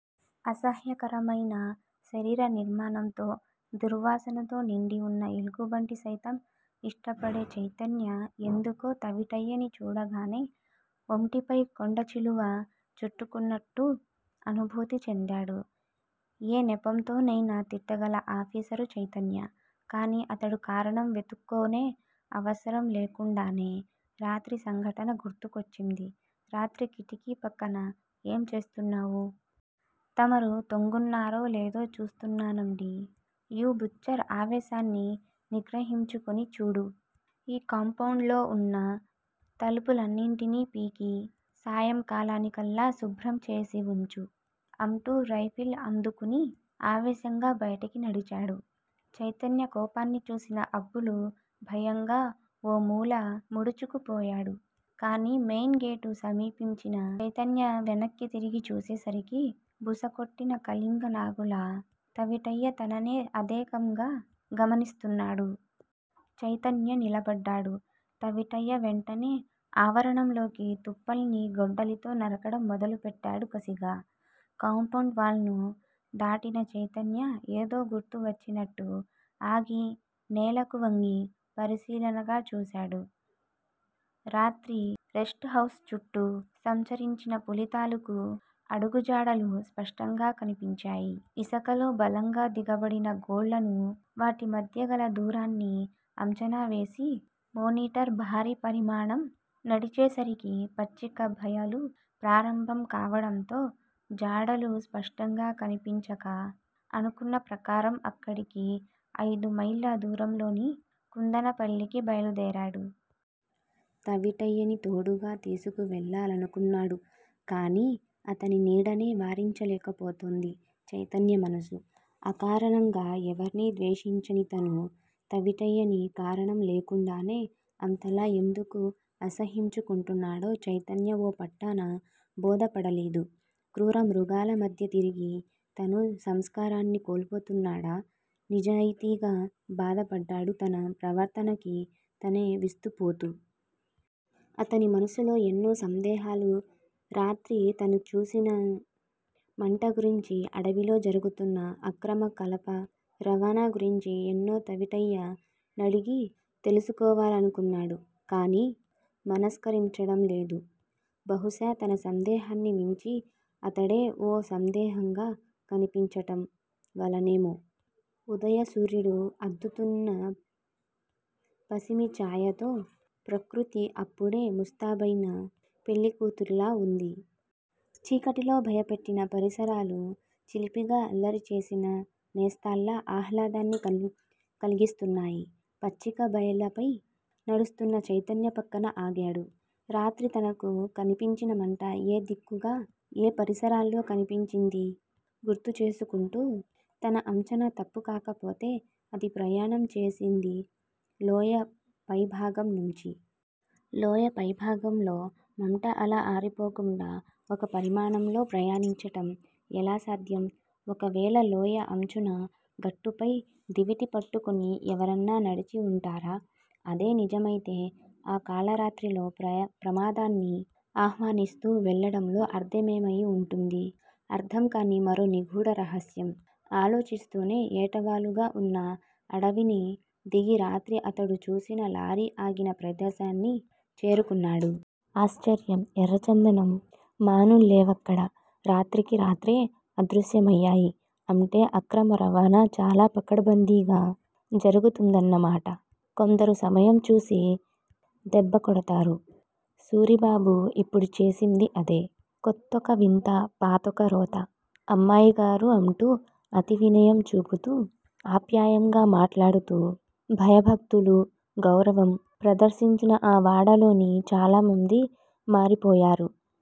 అసహ్యకరమయిన శరీర నిర్మాణంతో, దుర్వాసనతో నిండిన ఎలుగుబంటిని సైతం ఇష్టపడే చైతన్య ఎందుకో తవిటయ్యని చూడగానే ఒంటిపై కొండచిలువ చుట్టుకుంటున్నట్టు అనుభూతి చెందాడు. ఏ నెపంతోనయినా తిట్టగల ఆఫీసరు చైతన్య. కాని, అతడు కారణం వెదుక్కునే అవసరం లేకుండానే రాత్రి సంఘటన గుర్తుకొచ్చింది. రాత్రి కిటికీ పక్కన ఏం చేస్తున్నావు? తమరు తొంగున్నారో, నేదో సూతున్నానండి. You butcher! ఆవేశాన్ని నిగ్రహించుకుని, చూడూ! ఈ కాంపౌండ్ లోవున్న తుప్పులన్నింటినీ పీకి సాయంకాలానికల్లా శుభ్రం చేసి వుంచు అంటూ రైఫిల్ అందుకుని ఆవేశంగా బయటికినడిచాడు. చైతన్య కోపాన్ని చూసిన అబ్బులు భయంగా ఓమూల ముడుచుకు పోయాడు. కాని__ మెయిన్ గేటు సమీపించిన చైతన్య వెనక్కి తిరిగి చూసేసరికి బుసకొట్టని కళింగనాగులా తవిటయ్య తననే తదేకంగా గమనిస్తున్నాడు. చైతన్య నిలబడ్డాడు. తవిటయ్య వెంటనే ఆవరణలోకి తుప్పల్ని గొడ్డలితో నరకడం మొదలు పెట్టాడు కసిగా. కాంపౌండ్ వాల్ ను దాటిన చైతన్య ఏదో గుర్తు వచ్చినట్టు ఆగి నేలకు వంగి పరిశీలనగా చూశాడు. రాత్రి రెస్టుహౌస్ చుట్టూ సంచరించిన పులితాలూకు అడుగుజాడలు స్పష్టంగా కనిపించాయి. ఇసకలో బలంగా దిగబడిన గోళ్ళను వాటి మధ్యగల దూరాన్ని అంచనావేసి మేనీటర్ భారీ పరిమాణం నడిచేసరికి పచ్చిక బయలు ప్రారంభం కావడంతో జాడలు స్పష్టంగా కనిపించక, అనుకున్న ప్రకారం అక్కడికి అయిదు మైళ్ళ దూరంలోని కుందనపల్లికి బయలుదేరాడు. తవిటయ్యని తోడుగా తీసుకు వెళ్ళాలనుకున్నాడు కాని, అతని నీడనే వారించలేకపోతూంది చైతన్య మనసు. ఆకారణంగా ఎవర్నీ ద్వేషించని తను తవిటయ్యని కారణం లేకుండానే అంతలా ఎందుకు అసహ్యించుకుంటున్నాడో చైతన్య ఓ పట్టాన బోధపడలేదు. క్రూరమృగాల మధ్య తిరిగి తనూ సంస్కారాన్ని కోల్పోతున్నాడా? నిజాయితీగా బాధపడ్డాడు తన ప్రవర్తనకి తనే విస్తుపోతూ. అతని మనసులో ఎన్నో సందేహాలూ రాత్రి తనుచూసిన మంట గురించి, అడవిలో జరుగుతున్న అక్రమ కలప రవాణాగురించి ఎన్నో తవిటయ్య నడిగి తెలుసుకోవాలనుకున్నాడు. కాని, మనస్కరించడంలేదు. బహుశా తన సందేహాన్ని మించి అతడే ఓ సందేహంగా కనిపించటం వలనేమో. ఉదయ సూర్యుడు అద్దుతున్న పసిమి చాయతో ప్రకృతి అప్పుడే ముస్తాబైన పెళ్ళికూతురిలా వుంది. చీకటిలో భయపెట్టిన పరిసరాలు చిలిపిగా అల్లరిచేసిన నేస్తాల్లా ఆహ్లాదాన్ని కలిగిస్తున్నాయి. పచ్చిక బయళ్ళపై నడుస్తున్న చైతన్య పక్కన ఆగాడు, రాత్రి తనకు కనిపించిన మంట ఏ దిక్కుగా, ఏ పరిసరాల్లో కనిపించిందీ గుర్తు చేసుకుంటూ. తన అంచనా తప్పుకాకపోతే అది ప్రయాణం చేసింది లోయ పైభాగం నుంచి. లోయ పైభాగంలో మంట అలా ఆరిపోకుండా ఒక పరిమాణంలో ప్రయాణించడం ఎలా సాధ్యం. ఒకవేళ లోయ అంచున గట్టుపై దివిటీ పట్టుకుని ఎవరన్నానడిచి ఉంటారా? అదే నిజమయితే ఆ కాళరాత్రిలో ప్రమాదాన్ని ఆహ్వానిస్తూ వెళ్ళడంలో అర్ధమేమయి వుంటుంది? అర్ధం కాని మరో నిగూఢ రహస్యం. ఆలోచిస్తూనే ఏటవాలుగావున్న అడవిని దిగి రాత్రి అతడు చూసిన లారీ ఆగిన ప్రదేశాన్ని చేరుకున్నాడు. ఆశ్చర్యం. ఎర్రచందనం మానుల్లేవక్కడ. రాత్రికి రాత్రే అదృశ్యమయ్యాయి. అంటే అక్రమ రవాణా చాలా పకడ్భందీగా జరుగుతుందన్నమాట. కొందరు సమయంచూసి దెబ్బకొడతారు. సూరిబాబు ఇప్పుడు చేసింది అదే. కొత్తొక వింత పాతొక రోత! అమ్మాయిగారూ! అంటూ అతివినయం చూపుతూ ఆప్యాయంగా మాట్లాడుతూ భయభక్తులు గౌరవం ప్రదర్శించిన ఆ వాడలోని చాలామంది మారిపోయారు.